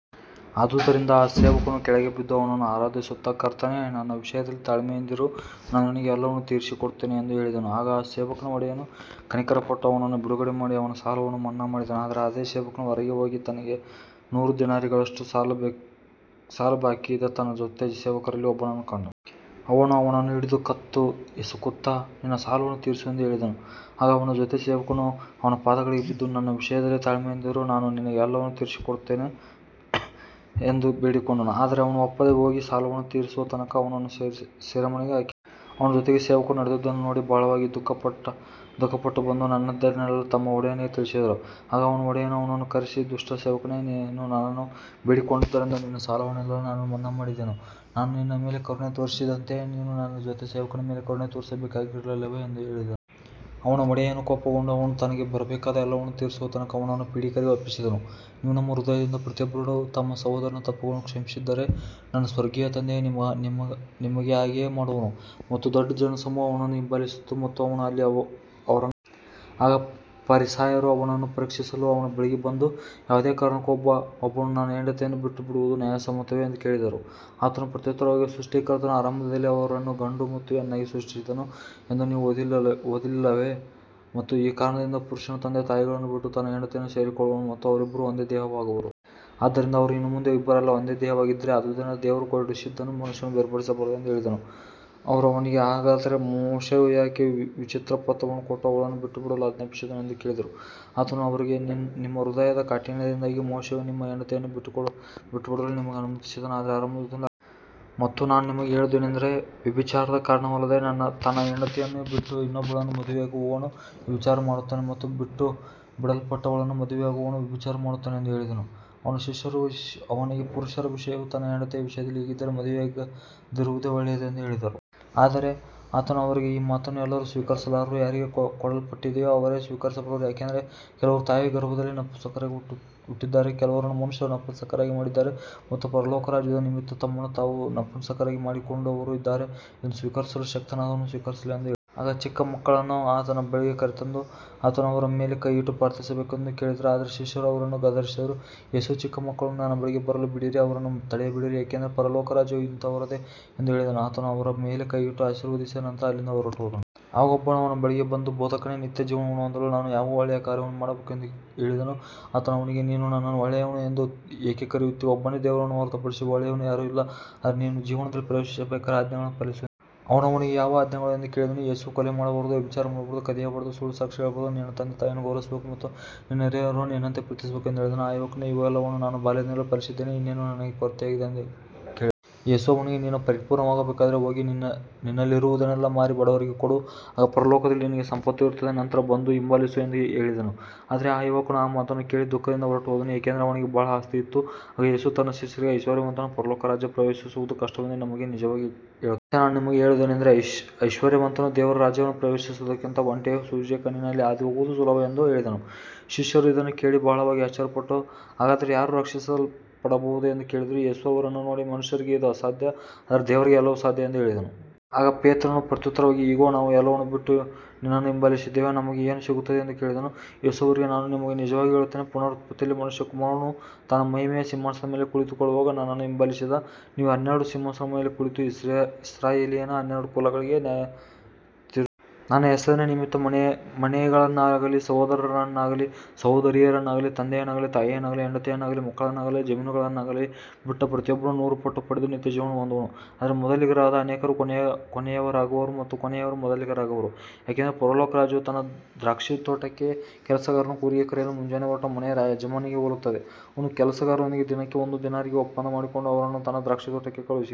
ಆದುದರಿಂದ ಆ ಸೇವಕನು ಕೆಳಗೆ ಬಿದ್ದು ಅವನನ್ನು ಆರಾಧಿಸುತ್ತಾ, ಕರ್ತನೇ, ನನ್ನ ವಿಷಯದಲ್ಲಿ ತಾಳ್ಮೆಯಿಂದಿರು, ನಾನು ನಿನಗೆ ಎಲ್ಲವನ್ನೂ ತೀರಿಸಿಕೊಡುತ್ತೇನೆ ಎಂದು ಹೇಳಿದನು. ಆಗ ಆ ಸೇವಕನ ಒಡೆಯನು ಕನಿಕರಪಟ್ಟು ಅವನನ್ನು ಬಿಡುಗಡೆ ಮಾಡಿ ಅವನ ಸಾಲವನ್ನು ಮನ್ನಾ ಮಾಡಿದನು. ಆದರೆ ಅದೇ ಸೇವಕನು ಹೊರಗೆ ಹೋಗಿ ತನಗೆ ನೂರು ದಿನಾರಿಗಳಷ್ಟು ಸಾಲಬಾಕಿಯಿದ್ದ ತನ್ನ ಜೊತೆ ಸೇವಕರಲ್ಲಿ ಒಬ್ಬನನ್ನು ಕಂಡನು. ಅವನು ಅವನನ್ನು ಹಿಡಿದು ಕತ್ತು ಹಿಸುಕುತ್ತಾ, ನಿನ್ನ ಸಾಲವನ್ನು ತೀರಿಸು ಎಂದು ಹೇಳಿದನು. ಆಗ ಅವನ ಜೊತೆ ಸೇವಕನು ಅವನ ಪಾದಗಳಿಗೆ ಬಿದ್ದು, ನನ್ನ ವಿಷಯದಲ್ಲಿ ತಾಳ್ಮೆಯಿಂದಿರು, ನಾನು ನಿನಗೆ ಎಲ್ಲವನ್ನೂ ತೀರಿಸಿಕೊಡುತ್ತೇನೆ ಎಂದು ಬೇಡಿಕೊಂಡನು. ಆದರೆ ಅವನು ಒಪ್ಪದೆ ಹೋಗಿ ಸಾಲವನ್ನು ತೀರಿಸುವ ತನಕ ಅವನನ್ನು ಸೆರೆಮನೆಗೆ ಹಾಕಿಸಿದನು. ಅವನ ಜೊತೆ ಸೇವಕರು ನಡೆದದ್ದನ್ನು ನೋಡಿ ಬಹಳವಾಗಿ ದುಃಖಪಟ್ಟು ಬಂದು ನಡೆದದ್ದನ್ನೆಲ್ಲಾ ತಮ್ಮ ಒಡೆಯನಿಗೆ ತಿಳಿಸಿದರು. ಆಗ ಅವನ ಒಡೆಯನು ಅವನನ್ನು ಕರೆಸಿ, ದುಷ್ಟ ಸೇವಕನೇ, ನೀನು ನನ್ನನ್ನು ಬೇಡಿಕೊಂಡದ್ದರಿಂದ ನಿನ್ನ ಸಾಲವನ್ನೆಲ್ಲಾ ನಾನು ಮನ್ನಾ ಮಾಡಿದೆನು. ನಾನು ನಿನ್ನ ಮೇಲೆ ಕರುಣೆ ತೋರಿಸಿದಂತೆಯೇ ನೀನೂ ನಿನ್ನ ಜೊತೆ ಸೇವಕನ ಮೇಲೆ ಕರುಣೆ ತೋರಿಸಬೇಕಾಗಿರಲಿಲ್ಲವೇ ಎಂದು ಹೇಳಿದನು. ಅವನ ಒಡೆಯನು ಕೋಪಗೊಂಡು, ಅವನು ತನಗೆ ಬರಬೇಕಾದ ಎಲ್ಲವನ್ನೂ ತೀರಿಸುವ ತನಕ ಅವನನ್ನು ಪೀಡಕರಿಗೆ ಒಪ್ಪಿಸಿದನು. ನೀವು ನಿಮ್ಮ ಹೃದಯದಿಂದ ಪ್ರತಿಯೊಬ್ಬರೂ ತಮ್ಮ ಸಹೋದರನ ತಪ್ಪುಗಳನ್ನು ಕ್ಷಮಿಸದಿದ್ದರೆ ನನ್ನ ಸ್ವರ್ಗೀಯ ತಂದೆಯೂ ನಿಮಗೆ ಹಾಗೆಯೇ ಮಾಡುವನು. ಮತ್ತು ದೊಡ್ಡ ಜನಸಮೂಹವು ಅವನನ್ನು ಹಿಂಬಾಲಿಸಿತು ಮತ್ತು ಅವನು ಅಲ್ಲಿ ಅವರನ್ನು ಗುಣಪಡಿಸಿದನು. ಆಗ ಫರಿಸಾಯರು ಅವನನ್ನು ಪರೀಕ್ಷಿಸಲು ಅವನ ಬಳಿಗೆ ಬಂದು, ಯಾವುದೇ ಕಾರಣಕ್ಕೂ ಒಬ್ಬನು ತನ್ನ ಹೆಂಡತಿಯನ್ನು ಬಿಟ್ಟುಬಿಡುವುದು ನ್ಯಾಯಸಮ್ಮತವೇ ಎಂದು ಕೇಳಿದರು. ಆತನು ಪ್ರತ್ಯುತ್ತರವಾಗಿ, ಸೃಷ್ಟಿಕರ್ತನು ಆರಂಭದಿಂದಲೇ ಅವರನ್ನು ಗಂಡು ಮತ್ತು ಹೆಣ್ಣಾಗಿ ಸೃಷ್ಟಿಸಿದನು ಎಂದು ನೀವು ಓದಲಿಲ್ಲವೇ. ಮತ್ತು ಈ ಕಾರಣದಿಂದ ಪುರುಷನು ತಂದೆ ತಾಯಿಗಳನ್ನು ಬಿಟ್ಟು ತನ್ನ ಹೆಂಡತಿಯನ್ನು ಸೇರಿಕೊಳ್ಳುವನು ಮತ್ತು ಅವರಿಬ್ಬರೂ ಒಂದೇ ದೇಹವಾಗುವರು. ಆದ್ದರಿಂದ ಅವರು ಇನ್ನು ಮುಂದೆ ಇಬ್ಬರಲ್ಲ, ಒಂದೇ ದೇಹವಾಗಿದ್ದಾರೆ. ಆದುದರಿಂದ ದೇವರು ಕೂಡಿಸಿದ್ದನ್ನು ಮನುಷ್ಯನು ಬೇರ್ಪಡಿಸಬಾರದು ಎಂದು ಹೇಳಿದನು. ಅವರು ಅವನಿಗೆ, ಹಾಗಾದರೆ ಮೋಶೆಯು ಯಾಕೆ ವಿಚ್ಛೇದನಪತ್ರವನ್ನು ಕೊಟ್ಟು ಅವಳನ್ನು ಬಿಟ್ಟುಬಿಡಲು ಆಜ್ಞಾಪಿಸಿದನು ಎಂದು ಕೇಳಿದರು. ಆತನು ಅವರಿಗೆ, ನಿಮ್ಮ ಹೃದಯದ ಕಾಠಿಣ್ಯದಿಂದಾಗಿ ಮೋಶೆಯು ನಿಮ್ಮ ಹೆಂಡತಿಯರನ್ನು ಬಿಟ್ಟುಬಿಡಲು ನಿಮಗೆ ಅನುಮತಿಸಿದನು, ಆದರೆ ಆರಂಭದಿಂದಲೂ ಹಾಗಿರಲಿಲ್ಲ. ಮತ್ತು ನಾನು ನಿಮಗೆ ಹೇಳುವುದೇನೆಂದರೆ, ವ್ಯಭಿಚಾರದ ಕಾರಣವಲ್ಲದೆ ತನ್ನ ಹೆಂಡತಿಯನ್ನು ಬಿಟ್ಟು ಇನ್ನೊಬ್ಬಳನ್ನು ಮದುವೆಯಾಗುವವನು ವ್ಯಭಿಚಾರ ಮಾಡುತ್ತಾನೆ. ಮತ್ತು ಬಿಟ್ಟುಬಿಡಲ್ಪಟ್ಟವಳನ್ನು ಮದುವೆಯಾಗುವವನೂ ವ್ಯಭಿಚಾರ ಮಾಡುತ್ತಾನೆ ಎಂದು ಹೇಳಿದನು. ಅವನ ಶಿಷ್ಯರು ಅವನಿಗೆ, ಪುರುಷನ ವಿಷಯವು ತನ್ನ ಹೆಂಡತಿಯ ವಿಷಯದಲ್ಲಿ ಹೀಗಿದ್ದರೆ ಮದುವೆಯಾಗದಿರುವುದೇ ಒಳ್ಳೆಯದು ಎಂದು ಹೇಳಿದರು. ಆದರೆ ಆತನು ಅವರಿಗೆ, ಈ ಮಾತನ್ನು ಎಲ್ಲರೂ ಸ್ವೀಕರಿಸಲಾರರು, ಯಾರಿಗೆ ಕೊಡಲ್ಪಟ್ಟಿದೆಯೋ ಅವರೇ ಸ್ವೀಕರಿಸಬಲ್ಲರು. ಯಾಕಂದರೆ ಕೆಲವರು ತಾಯಿಯ ಗರ್ಭದಿಂದಲೇ ನಪುಂಸಕರಾಗಿ ಹುಟ್ಟಿದ್ದಾರೆ, ಕೆಲವರನ್ನು ಮನುಷ್ಯರು ನಪುಂಸಕರನ್ನಾಗಿ ಮಾಡಿದ್ದಾರೆ, ಮತ್ತು ಪರಲೋಕ ರಾಜ್ಯದ ನಿಮಿತ್ತ ತಮ್ಮನ್ನು ತಾವು ನಪುಂಸಕರನ್ನಾಗಿ ಮಾಡಿಕೊಂಡವರೂ ಇದ್ದಾರೆ. ಇದನ್ನು ಸ್ವೀಕರಿಸಲು ಶಕ್ತನಾದವನು ಸ್ವೀಕರಿಸಲಿ ಎಂದು ಹೇಳಿದನು. ಆಗ ಚಿಕ್ಕ ಮಕ್ಕಳನ್ನು ಆತನ ಬಳಿಗೆ ಕರೆತಂದು, ಆತನು ಅವರ ಮೇಲೆ ಕೈಯಿಟ್ಟು ಪ್ರಾರ್ಥಿಸಬೇಕೆಂದು ಕೇಳಿದರು. ಆದರೆ ಶಿಷ್ಯರು ಅವರನ್ನು ಗದರಿಸಿದರು. ಯೇಸು, ಚಿಕ್ಕ ಮಕ್ಕಳನ್ನು ನನ್ನ ಬಳಿಗೆ ಬರಲು ಬಿಡಿರಿ, ಅವರನ್ನು ತಡೆಯಬೇಡಿರಿ, ಯಾಕಂದರೆ ಪರಲೋಕ ರಾಜ್ಯವು ಇಂಥವರದೇ ಎಂದು ಹೇಳಿದನು. ಆತನು ಅವರ ಮೇಲೆ ಕೈಯಿಟ್ಟು ಆಶೀರ್ವದಿಸಿದ ನಂತರ ಅಲ್ಲಿಂದ ಹೊರಟುಹೋದನು. ಆಗ ಒಬ್ಬನು ಅವನ ಬಳಿಗೆ ಬಂದು, ಬೋಧಕನೇ, ನಿತ್ಯಜೀವವನ್ನು ಹೊಂದಲು ನಾನು ಯಾವ ಒಳ್ಳೆಯ ಕಾರ್ಯವನ್ನು ಮಾಡಬೇಕು ಎಂದು ಕೇಳಿದನು. ಆತನು ಅವನಿಗೆ, ನೀನು ನನ್ನನ್ನು ಒಳ್ಳೆಯವನು ಎಂದು ಏಕೆ ಕರೆಯುತ್ತೀ. ಒಬ್ಬನೇ ದೇವರನ್ನು ಹೊರತುಪಡಿಸಿ ಒಳ್ಳೆಯವನು ಯಾರೂ ಇಲ್ಲ. ಆದರೆ ನೀನು ಜೀವನದಲ್ಲಿ ಪ್ರವೇಶಿಸಬೇಕಾದರೆ ಆಜ್ಞೆಗಳನ್ನು ಪಾಲಿಸು ಎಂದು ಹೇಳಿದನು. ಅವನು ಅವನಿಗೆ, ಯಾವ ಆಜ್ಞೆಗಳು ಎಂದು ಕೇಳಿದನು. ಯೇಸು, ಕೊಲೆ ಮಾಡಬಾರದು, ವ್ಯಭಿಚಾರ ಮಾಡಬಾರದು, ಕದಿಯಬಾರದು, ಸುಳ್ಳು ಸಾಕ್ಷಿ ಹೇಳಬಾರದು, ನಿನ್ನ ತಂದೆ ತಾಯಿಯನ್ನು ಗೌರವಿಸಬೇಕು ಮತ್ತು ನಿನ್ನ ನೆರೆಯವನನ್ನು ನಿನ್ನಂತೆಯೇ ಪ್ರೀತಿಸಬೇಕು ಎಂದು ಹೇಳಿದನು. ಆ ಯುವಕನು, ಇವೆಲ್ಲವನ್ನೂ ನಾನು ಬಾಲ್ಯದಿಂದಲೂ ಪಾಲಿಸಿದ್ದೇನೆ. ಇನ್ನೇನು ನನಗೆ ಕೊರತೆಯಾಗಿದೆ ಎಂದು ಕೇಳಿದನು. ಯೇಸು ಅವನಿಗೆ, ನೀನು ಪರಿಪೂರ್ಣನಾಗಬೇಕಾದರೆ ಹೋಗಿ ನಿನ್ನಲ್ಲಿರುವುದನ್ನೆಲ್ಲಾ ಮಾರಿ ಬಡವರಿಗೆ ಕೊಡು, ಆಗ ಪರಲೋಕದಲ್ಲಿ ನಿನಗೆ ಸಂಪತ್ತು ಇರುತ್ತದೆ. ನಂತರ ಬಂದು ನನ್ನನ್ನು ಹಿಂಬಾಲಿಸು ಎಂದು ಹೇಳಿದನು. ಆದರೆ ಆ ಯುವಕನು ಆ ಮಾತನ್ನು ಕೇಳಿ ದುಃಖದಿಂದ ಹೊರಟುಹೋದನು, ಏಕೆಂದರೆ ಅವನಿಗೆ ಬಹಳ ಆಸ್ತಿಯಿತ್ತು. ಆಗ ಯೇಸು ತನ್ನ ಶಿಷ್ಯರಿಗೆ, ಐಶ್ವರ್ಯವಂತನು ಪರಲೋಕ ರಾಜ್ಯವನ್ನು ಪ್ರವೇಶಿಸುವುದು ಕಷ್ಟವೆಂದು ನಿಮಗೆ ನಿಜವಾಗಿ ಹೇಳುತ್ತೇನೆ. ಮತ್ತೆ ನಾನು ನಿಮಗೆ ಹೇಳುವುದೇನೆಂದರೆ, ಐಶ್ವರ್ಯವಂತನು ದೇವರ ರಾಜ್ಯವನ್ನು ಪ್ರವೇಶಿಸುವುದಕ್ಕಿಂತ ಒಂಟೆಯು ಸೂಜಿಯ ಕಣ್ಣಿನಲ್ಲಿ ಹಾದುಹೋಗುವುದು ಸುಲಭ ಎಂದು ಹೇಳಿದನು. ಶಿಷ್ಯರು ಇದನ್ನು ಕೇಳಿ ಬಹಳವಾಗಿ ಆಶ್ಚರ್ಯಪಟ್ಟು, ಹಾಗಾದರೆ ಯಾರು ರಕ್ಷಿಸಲ್ಪಡಬಹುದು ಎಂದು ಕೇಳಿದರು. ಯೇಸು ಅವರನ್ನು ನೋಡಿ, ಮನುಷ್ಯರಿಗೆ ಇದು ಅಸಾಧ್ಯ, ಆದರೆ ದೇವರಿಗೆ ಎಲ್ಲವೂ ಸಾಧ್ಯ ಎಂದು ಹೇಳಿದನು. ಆಗ ಪೇತ್ರನು ಪ್ರತ್ಯುತ್ತರವಾಗಿ, ಇಗೋ, ನಾವು ಎಲ್ಲವನ್ನೂ ಬಿಟ್ಟು ನಿನ್ನನ್ನು ಹಿಂಬಾಲಿಸಿದ್ದೇವೆ, ನಮಗೆ ಏನು ಸಿಗುತ್ತದೆ ಎಂದು ಕೇಳಿದನು. ಯೇಸು ಅವರಿಗೆ, ನಾನು ನಿಮಗೆ ನಿಜವಾಗಿ ಹೇಳುತ್ತೇನೆ, ಪುನರುತ್ಪತ್ತಿಯಲ್ಲಿ ಮನುಷ್ಯಕುಮಾರನು ತನ್ನ ಮಹಿಮೆಯ ಸಿಂಹಾಸನದ ಮೇಲೆ ಕುಳಿತುಕೊಳ್ಳುವಾಗ ನನ್ನನ್ನು ಹಿಂಬಾಲಿಸಿದ ನೀವು ಹನ್ನೆರಡು ಸಿಂಹಾಸನಗಳ ಮೇಲೆ ಕುಳಿತು ಇಸ್ರಾಯೇಲಿನ ಹನ್ನೆರಡು ಕುಲಗಳಿಗೆ ನ್ಯಾಯತೀರಿಸುವಿರಿ. ನನ್ನ ಹೆಸರಿನ ನಿಮಿತ್ತ ಮನೆಗಳನ್ನಾಗಲಿ, ಸಹೋದರರನ್ನಾಗಲಿ, ಸಹೋದರಿಯರನ್ನಾಗಲಿ, ತಂದೆಯನ್ನಾಗಲಿ, ತಾಯಿಯನ್ನಾಗಲಿ, ಹೆಂಡತಿಯನ್ನಾಗಲಿ, ಮಕ್ಕಳನ್ನಾಗಲಿ, ಜಮೀನುಗಳನ್ನಾಗಲಿ ಬಿಟ್ಟ ಪ್ರತಿಯೊಬ್ಬನು ನೂರುಪಟ್ಟು ಪಡೆದು ನಿತ್ಯಜೀವವನ್ನು ಹೊಂದುವನು. ಆದರೆ ಮೊದಲಿಗರಾದ ಅನೇಕರು ಕೊನೆಯವರಾಗುವರು ಮತ್ತು ಕೊನೆಯವರು ಮೊದಲಿಗರಾಗುವರು. ಯಾಕಂದರೆ ಪರಲೋಕ ರಾಜ್ಯವು ತನ್ನ ದ್ರಾಕ್ಷಿತೋಟಕ್ಕೆ ಕೆಲಸಗಾರರನ್ನು ಕೂಲಿಗೆ ಕರೆಯಲು ಮುಂಜಾನೆ ಹೊರಟ ಮನೆಯ ಯಜಮಾನನಿಗೆ ಹೋಲುತ್ತದೆ. ಅವನು ಕೆಲಸಗಾರರೊಂದಿಗೆ ದಿನಕ್ಕೆ ಒಂದು ದಿನಾರಿಗೆ ಒಪ್ಪಂದ ಮಾಡಿಕೊಂಡು ಅವರನ್ನು ತನ್ನ ದ್ರಾಕ್ಷಿತೋಟಕ್ಕೆ ಕಳುಹಿಸಿದನು.